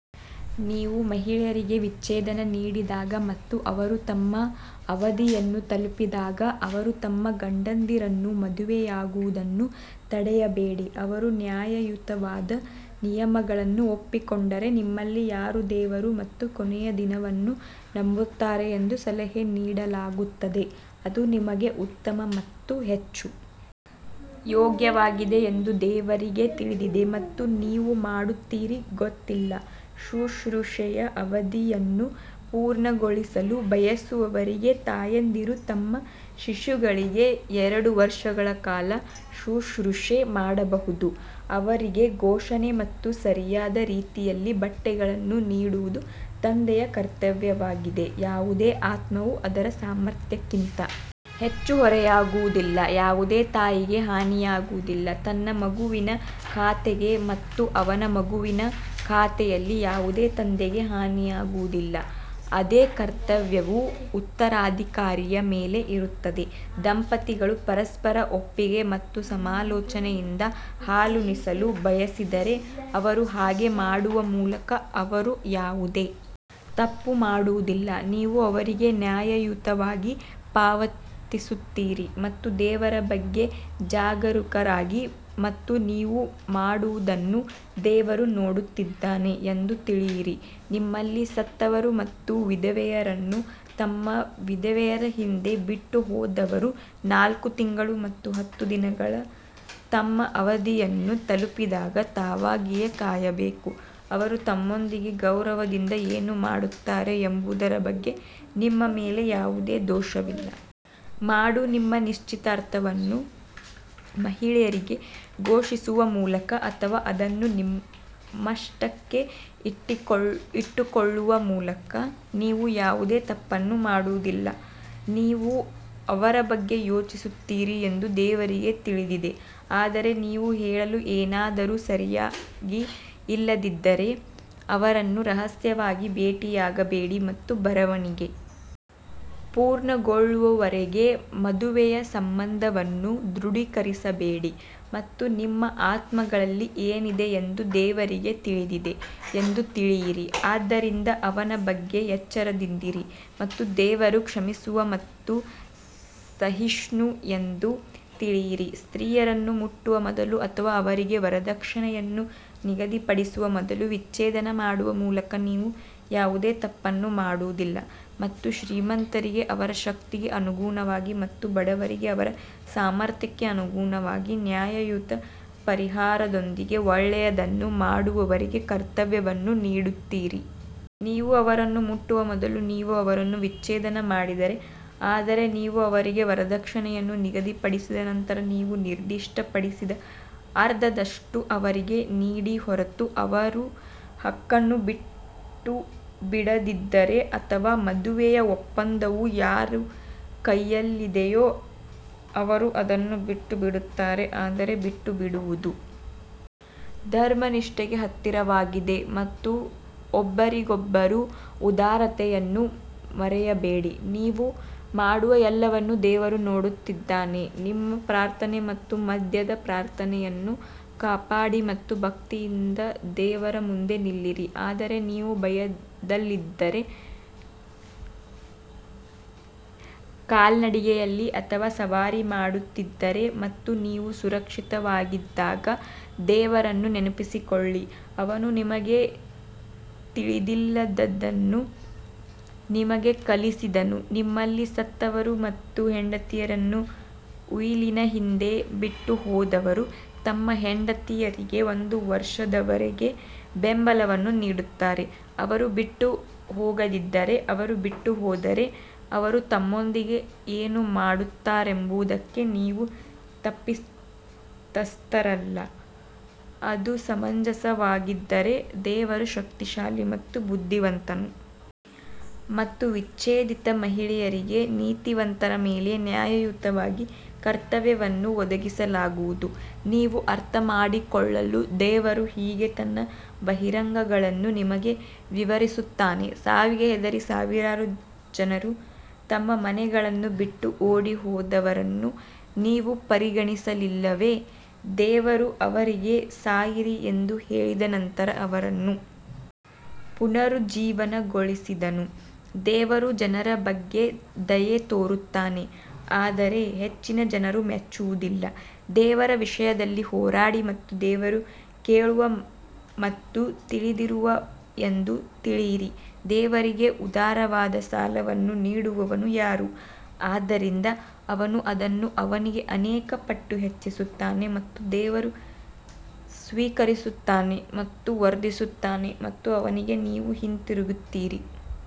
ನೀವು ಮಹಿಳೆಯರಿಗೆ ವಿಚ್ಛೇದನ ನೀಡಿದಾಗ ಮತ್ತು ಅವರು ತಮ್ಮ ಅವಧಿಯನ್ನು ತಲುಪಿದಾಗ ಅವರು ತಮ್ಮ ಗಂಡಂದಿರನ್ನು ಮದುವೆಯಾಗುವುದನ್ನು ತಡೆಯಬೇಡಿ ಅವರು ನ್ಯಾಯಯುತವಾದ ನಿಯಮಗಳನ್ನು ಒಪ್ಪಿಕೊಂಡರೆ, ನಿಮ್ಮಲ್ಲಿ ಯಾರು ದೇವರು ಮತ್ತು ಕೊನೆಯ ದಿನವನ್ನು ನಂಬುತ್ತಾರೆ ಎಂದು ಸಲಹೆ ನೀಡಲಾಗುತ್ತದೆ ಅದು ನಿಮಗೆ ಉತ್ತಮ ಮತ್ತು ಹೆಚ್ಚು ಯೋಗ್ಯವಾಗಿದೆ ಎಂದು ದೇವರಿಗೆ ತಿಳಿದಿದೆ ಮತ್ತು ನೀವು ಮಾಡುತ್ತೀರಿ ಗೊತ್ತಿಲ್ಲ ಶುಶ್ರೂಷೆಯ ಅವಧಿಯನ್ನು ಪೂರ್ಣಗೊಳಿಸಲು ಬಯಸುವವರಿಗೆ ತಾಯಂದಿರು ತಮ್ಮ ಶಿಶುಗಳಿಗೆ ಎರಡು ವರ್ಷಗಳ ಕಾಲ ಶುಶ್ರೂಷೆ ಮಾಡಬಹುದು ಅವರಿಗೆ ಪೋಷಣೆ ಮತ್ತು ಸರಿಯಾದ ರೀತಿಯಲ್ಲಿ ಬಟ್ಟೆಗಳನ್ನು ನೀಡುವುದು ತಂದೆಯ ಕರ್ತವ್ಯವಾಗಿದೆ ಯಾವುದೇ ಆತ್ಮವು ಅದರ ಸಾಮರ್ಥ್ಯಕ್ಕಿಂತ ಹೆಚ್ಚು ಹೊರೆಯಾಗುವುದಿಲ್ಲ ಯಾವುದೇ ತಾಯಿಗೆ ಹಾನಿಯಾಗುವುದಿಲ್ಲ ತನ್ನ ಮಗುವಿನ ಖಾತೆಗೆ ಮತ್ತು ಅವನ ಮಗುವಿನ ಖಾತೆಯಲ್ಲಿ ಯಾವುದೇ ತಂದೆಗೆ ಹಾನಿಯಾಗುವುದಿಲ್ಲ, ಅದೇ ಕರ್ತವ್ಯವು ಉತ್ತರಾಧಿಕಾರಿಯ ಮೇಲೆ ಇರುತ್ತದೆ, ದಂಪತಿಗಳು ಪರಸ್ಪರ ಒಪ್ಪಿಗೆ ಮತ್ತು ಸಮಾಲೋಚನೆಯಿಂದ ಹಾಲುಣಿಸಲು ಬಯಸಿದರೆ ಅವರು ಹಾಗೆ ಮಾಡುವ ಮೂಲಕ ಅವರು ಯಾವುದೇ ತಪ್ಪು ಮಾಡುವುದಿಲ್ಲ ನೀವು ಅವರಿಗೆ ನ್ಯಾಯಯುತವಾಗಿ ಪಾವತಿಸುತ್ತೀರಿ ಮತ್ತು ದೇವರ ಬಗ್ಗೆ ಜಾಗರೂಕರಾಗಿರಿ ಮತ್ತು ನೀವು ಮಾಡುವದನ್ನು ದೇವರು ನೋಡುತ್ತಿದ್ದಾನೆ ಎಂದು ತಿಳಿಯಿರಿ ನಿಮ್ಮಲ್ಲಿ ಸತ್ತವರು ಮತ್ತು ವಿಧವೆಯರನ್ನು ತಮ್ಮ ವಿಧವೆಯರ ಹಿಂದೆ ಬಿಟ್ಟುಹೋದವರು ನಾಲ್ಕು ತಿಂಗಳು ಮತ್ತು ಹತ್ತು ದಿನಗಳು ತಮ್ಮ ಅವಧಿಯನ್ನು ತಲುಪಿದಾಗ ತಾವಾಗಿಯೇ ಕಾಯಬೇಕು, ಅವರು ತಮ್ಮೊಂದಿಗೆ ಗೌರವದಿಂದ ಏನು ಮಾಡುತ್ತಾರೆ ಎಂಬುದರ ಬಗ್ಗೆ ನಿಮ್ಮ ಮೇಲೆ ಯಾವುದೇ ದೋಷವಿಲ್ಲ. ಮಾಡು ನಿಮ್ಮ ನಿಶ್ಚಿತಾರ್ಥವನ್ನು ಮಹಿಳೆಯರಿಗೆ ಘೋಷಿಸುವ ಮೂಲಕ ಅಥವಾ ಅದನ್ನು ನಿಮ್ಮಷ್ಟಕ್ಕೇ ಇಟ್ಟುಕೊಳ್ಳುವ ಮೂಲಕ ನೀವು ಯಾವುದೇ ತಪ್ಪನ್ನು ಮಾಡುವುದಿಲ್ಲ, ನೀವು ಅವರ ಬಗ್ಗೆ ಯೋಚಿಸುತ್ತೀರಿ ಎಂದು ದೇವರಿಗೆ ತಿಳಿದಿದೆ ಆದರೆ ನೀವು ಹೇಳಲು ಏನಾದರೂ ಸರಿಯಾಗಿ ಇಲ್ಲದಿದ್ದರೆ ಅವರನ್ನು ರಹಸ್ಯವಾಗಿ ಭೇಟಿಯಾಗಬೇಡಿ ಮತ್ತು ಬರವಣಿಗೆ ಪೂರ್ಣಗೊಳ್ಳುವವರೆಗೆ ಮದುವೆಯ ಸಂಬಂಧವನ್ನು ದೃಢೀಕರಿಸಬೇಡಿ ಮತ್ತು ನಿಮ್ಮ ಆತ್ಮಗಳಲ್ಲಿ ಏನಿದೆ ಎಂದು ದೇವರಿಗೆ ತಿಳಿದಿದೆ ಎಂದು ತಿಳಿಯಿರಿ ಆದ್ದರಿಂದ ಅವನ ಬಗ್ಗೆ ಎಚ್ಚರದಿಂದಿರಿ ಮತ್ತು ದೇವರು ಕ್ಷಮಿಸುವ ಮತ್ತು ಸಹಿಷ್ಣು ಎಂದು ತಿಳಿಯಿರಿ ಸ್ತ್ರೀಯರನ್ನು ಮುಟ್ಟುವ ಮೊದಲು ಅಥವಾ ಅವರಿಗೆ ವರದಕ್ಷಿಣೆಯನ್ನು ನಿಗದಿಪಡಿಸುವ ಮೊದಲು ವಿಚ್ಛೇದನ ಮಾಡುವ ಮೂಲಕ ನೀವು ಯಾವುದೇ ತಪ್ಪನ್ನು ಮಾಡುವುದಿಲ್ಲ ಮತ್ತು ಶ್ರೀಮಂತರಿಗೆ ಅವರ ಶಕ್ತಿಗೆ ಅನುಗುಣವಾಗಿ ಮತ್ತು ಬಡವರಿಗೆ ಅವರ ಸಾಮರ್ಥ್ಯಕ್ಕೆ ಅನುಗುಣವಾಗಿ ನ್ಯಾಯಯುತ ಪರಿಹಾರದೊಂದಿಗೆ ಒಳ್ಳೆಯದನ್ನು ಮಾಡುವವರಿಗೆ ಕರ್ತವ್ಯವನ್ನು ನೀಡುತ್ತೀರಿ. ನೀವು ಅವರನ್ನು ಮುಟ್ಟುವ ಮೊದಲು ನೀವು ಅವರನ್ನು ವಿಚ್ಛೇದನ ಮಾಡಿದರೆ ಆದರೆ ನೀವು ಅವರಿಗೆ ವರದಕ್ಷಿಣೆಯನ್ನು ನಿಗದಿಪಡಿಸಿದ ನಂತರ ನೀವು ನಿರ್ದಿಷ್ಟಪಡಿಸಿದ ಅರ್ಧದಷ್ಟು ಅವರಿಗೆ ನೀಡಿ ಹೊರತು ಅವರು ಹಕ್ಕನ್ನು ಬಿಟ್ಟುಬಿಡದಿದ್ದರೆ ಅಥವಾ ಮದುವೆಯ ಒಪ್ಪಂದವು ಯಾರ ಕೈಯಲ್ಲಿದೆಯೋ ಅವರು ಅದನ್ನು ಬಿಟ್ಟುಬಿಡುತ್ತಾರೆ ಆದರೆ ಬಿಟ್ಟುಬಿಡುವುದು ಧರ್ಮನಿಷ್ಠೆಗೆ ಹತ್ತಿರವಾಗಿದೆ ಮತ್ತು ಒಬ್ಬರಿಗೊಬ್ಬರು ಉದಾರತೆಯನ್ನು ಮರೆಯಬೇಡಿ ನೀವು ಮಾಡುವ ಎಲ್ಲವನ್ನೂ ದೇವರು ನೋಡುತ್ತಿದ್ದಾನೆ ನಿಮ್ಮ ಪ್ರಾರ್ಥನೆ ಮತ್ತು ಮಧ್ಯದ ಪ್ರಾರ್ಥನೆಯನ್ನು ಕಾಪಾಡಿ ಮತ್ತು ಭಕ್ತಿಯಿಂದ ದೇವರ ಮುಂದೆ ನಿಲ್ಲಿರಿ ಆದರೆ ನೀವು ಭಯದಲ್ಲಿದ್ದರೆ ಕಾಲ್ನಡಿಗೆಯಲ್ಲಿ ಅಥವಾ ಸವಾರಿ ಮಾಡುತ್ತಿದ್ದರೆ ಮತ್ತು ನೀವು ಸುರಕ್ಷಿತವಾಗಿದ್ದಾಗ ದೇವರನ್ನು ನೆನಪಿಸಿಕೊಳ್ಳಿ, ಅವನು ನಿಮಗೆ ತಿಳಿದಿಲ್ಲದದನ್ನು ನಿಮಗೆ ಕಲಿಸಿದನು ನಿಮ್ಮಲ್ಲಿ ಸತ್ತವರು ಮತ್ತು ಹೆಂಡತಿಯರನ್ನು ಉಯಿಲಿನ ಹಿಂದೆ ಬಿಟ್ಟುಹೋದವರು ತಮ್ಮ ಹೆಂಡತಿಯರಿಗೆ ಒಂದು ವರ್ಷದವರೆಗೆ ಬೆಂಬಲವನ್ನು ನೀಡುತ್ತಾರೆ ಅವರು ಬಿಟ್ಟು ಹೋಗದಿದ್ದರೆ ಅವರು ಬಿಟ್ಟುಹೋದರೆ ಅವರು ತಮ್ಮೊಂದಿಗೆ ಏನು ಮಾಡುತ್ತಾರೆಂಬುದಕ್ಕೆ ನೀವು ತಪ್ಪಿತಸ್ಥರಲ್ಲ, ಅದು ಸಮಂಜಸವಾಗಿದ್ದರೆ ದೇವರು ಶಕ್ತಿಶಾಲಿ ಮತ್ತು ಬುದ್ಧಿವಂತನು. ಮತ್ತು ವಿಚ್ಛೇದಿತ ಮಹಿಳೆಯರಿಗೆ ನೀತಿವಂತರ ಮೇಲೆ ನ್ಯಾಯಯುತವಾಗಿ ಕರ್ತವ್ಯವನ್ನು ಒದಗಿಸಲಾಗುವುದು ನೀವು ಅರ್ಥಮಾಡಿಕೊಳ್ಳಲು ದೇವರು ಹೀಗೆ ತನ್ನ ಬಹಿರಂಗಗಳನ್ನು ನಿಮಗೆ ವಿವರಿಸುತ್ತಾನೆ ಸಾವಿಗೆ ಹೆದರಿ ಸಾವಿರಾರು ಜನರು ತಮ್ಮ ಮನೆಗಳನ್ನು ಬಿಟ್ಟು ಓಡಿಹೋದವರನ್ನು ನೀವು ಪರಿಗಣಿಸಲಿಲ್ಲವೇ, ದೇವರು ಅವರಿಗೆ ಸಾಯಿರಿ ಎಂದು ಹೇಳಿದ ನಂತರ ಅವರನ್ನು ಪುನರುಜ್ಜೀವನಗೊಳಿಸಿದನು ದೇವರು ಜನರ ಬಗ್ಗೆ ದಯೆ ತೋರುತ್ತಾನೆ ಆದರೆ ಹೆಚ್ಚಿನ ಜನರು ಮೆಚ್ಚುವುದಿಲ್ಲ ದೇವರ ವಿಷಯದಲ್ಲಿ ಹೋರಾಡಿ ಮತ್ತು ದೇವರು ಕೇಳುವ ಮತ್ತು ತಿಳಿದಿರುವ ಎಂದು ತಿಳಿಯಿರಿ ದೇವರಿಗೆ ಉದಾರವಾದ ಸಾಲವನ್ನು ನೀಡುವವನು ಯಾರು, ಆದ್ದರಿಂದ ಅವನು ಅದನ್ನು ಅವನಿಗೆ ಅನೇಕ ಪಟ್ಟು ಹೆಚ್ಚಿಸುತ್ತಾನೆ ಮತ್ತು ದೇವರು ಸ್ವೀಕರಿಸುತ್ತಾನೆ ಮತ್ತು ವರ್ಧಿಸುತ್ತಾನೆ ಮತ್ತು ಅವನಿಗೆ ನೀವು ಹಿಂತಿರುಗುತ್ತೀರಿ.